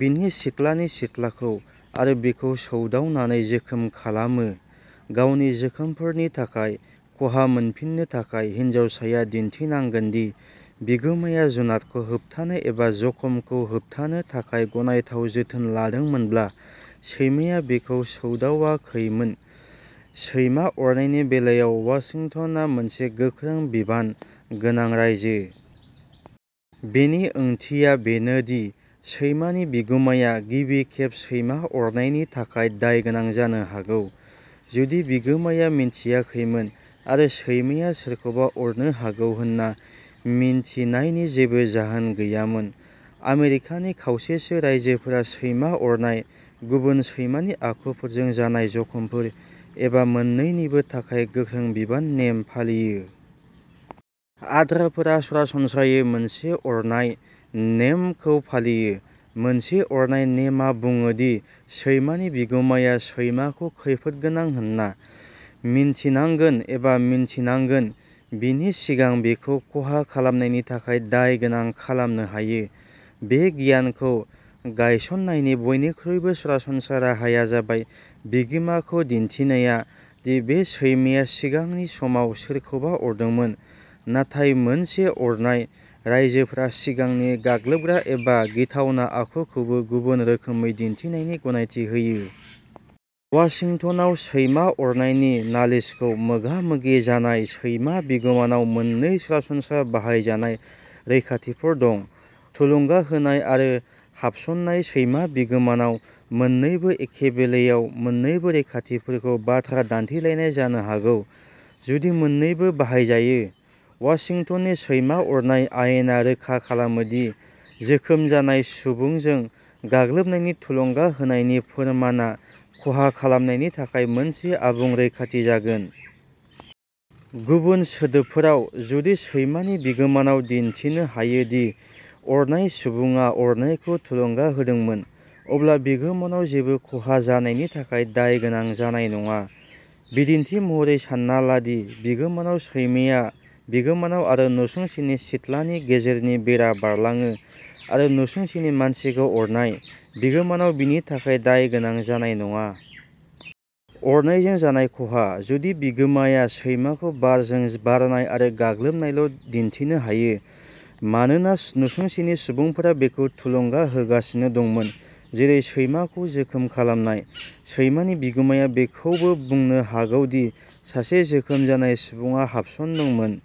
बिनि सिथ्लानि सिथ्लाखौ आरो बिखौ सौदावनानै जोखोम खालामो। गावनि जोखोमफोरनि थाखाय खहा मोनफिन्नो थाखाय, हिनजावसाया दिन्थिनांगोन दि बिगुमाया जुनादखौ होबथानो एबा जखमखौ होबथानो थाखाय गनायथाव जोथोन लादोंमोनब्ला सैमाया बिखौ सौदावाखैमोन। सैमा अरनायनि बेलायाव वाशिंटनआ मोनसे "गोख्रों बिबान" गोनां रायजो। बेनि ओंथिया बेनोदि सैमानि बिगुमाया गिबि खेब सैमा अरनायनि थाखाय दायगोनां जानो हागौ, जुदि बिगुमाया मिथियाखैमोन आरो सैमाया सोरखौबा अरनो हागौ होन्ना मिन्थिनायनि जेबो जाहोन गैयामोन। आमेरिकानि खावसेसो रायजोफोरा सैमा अरनाय, गुबुन सैमानि आखुफोरजों जानाय जखमफोर, एबा मोन्नैनिबो थाखाय "गोख्रों बिबान" नेम फालियो। आद्राफोरा सरासनस्रायै "मोनसे अरनाय" नेमखौ फालियो। "मोनसे अरनाय" नेमआ बुङो दि सैमानि बिगुमाया सैमाखौ खैफोदगोनां होनना मिन्थिनांगोन एबा मिन्थिनांगोन बेनि सिगां बिखौ खहा खालामनायनि थाखाय दाय गोनां खालामनो हायो। बे गियानखौ गायसननायनि बयनिख्रुइबो सरासनस्रा राहाया जाबाय बिगोमाखौ दिन्थिनाया दि बे सैमाया सिगांनि समाव सोरखौबा अरदोंमोन, नाथाय "मोनसे अरनाय" रायजोफोरा सिगांनि गाग्लोबग्रा एबा गिथावना आखुखौबो गुबुन रोखोमै दिन्थिनायनि गनायथि होयो। वाशिंटनआव सैमा अरनायनि नालिसखौ मोगा-मोगि जानाय सैमा बिगोमानाव मोननै सरासनस्रा बाहायजानाय रैखाथिफोर दं। थुलुंगा होनाय आरो हाबसननाय सैमा बिगोमानाव मोननैबो एखे बेलायाव मोन्नैबो रैखाथिफोरखौ बाथ्रा दान्थेलायनाय जानो हागौ, जुदि मोननैबो बाहायजायो। वाशिंटननि सैमा अरनाय आयेना रोखा खालामो दि "जोखोम जानाय सुबुंजों गाग्लोबनायनि थुलुंगा होनायनि फोरमानआ खहा खालामनायनि थाखाय मोनसे आबुं रैखाथि जागोन।" गुबुन सोदोबफोराव, जुदि सैमानि बिगोमानाव दिन्थिनो हायो दि अरनाय सुबुङा अरनायखौ थुलुंगा होदोंमोन, अब्ला बिगोमानाव जेबो खहा जानायनि थाखाय दाय गोनां जानाय नङा। बिदिन्थि महरै, सान्ना ला दि बिगोमानाव सैमाया बिगोमानाव आरो नसुंसेनि सिथ्लानि गेजेरनि बेरा बारलाङो आरो नसुंसेनि मानसिखौ अरनाय, बिगोमानाव बेनि थाखाय दाय गोनां जानाय नङा। अरनायजों जानाय खहा, जुदि बिगुमाया सैमाखौ बारजों बारनाय आरो गाग्लोबनायल'दिन्थिनो हायो मानोना नसुंसेनि सुबुंफोरा बेखौ थुलुंगा होगासिनो दंमोन-- जेरै सैमाखौ जोखोम खालामनाय। सैमानि बिगुमाया बेखौबो बुंनो हागौ दि सासे जोखोम जानाय सुबुङा हाबसनदोंमोन।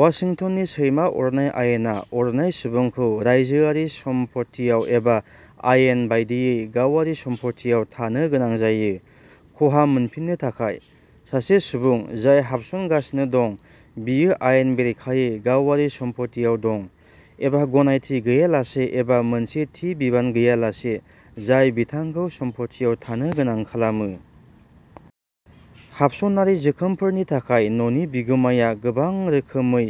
वाशिंटननि सैमा अरनाय आयेना अरनाय सुबुंखौ रायजोआरि सम्फथियाव एबा "आयेन बायदियै" गावारि सम्फथियाव थानो गोनां जायो, खहा मोनफिन्नो थाखाय। सासे सुबुं जाय हाबसनगासिनो दं बियो आयेन बेरेखायै गावारि सम्फथियाव दं, एबा गनायथि गैयालासे एबा मोनसे थि बिबान गैयालासे जाय बिथांखौ सम्फथियाव थानो गोनां खालामो। हाबसनारि जोखोमफोरनि थाखाय न'नि बिगुमाया गोबां रोखोमै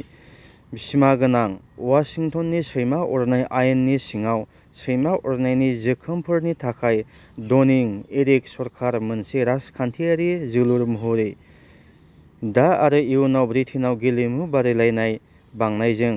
सिमागोनां, वाशिंटननि सैमा अरनाय आयेननि सिङाव सैमा अरनायनि जोखोमफोरनि थाखाय डनिं, एरिक सकार मोनसे राजखान्थियारि जोलुर महरैः दा आरो इयुनाव ब्रिटेनआव गेलेमु बादायलायनाय बांनायजों।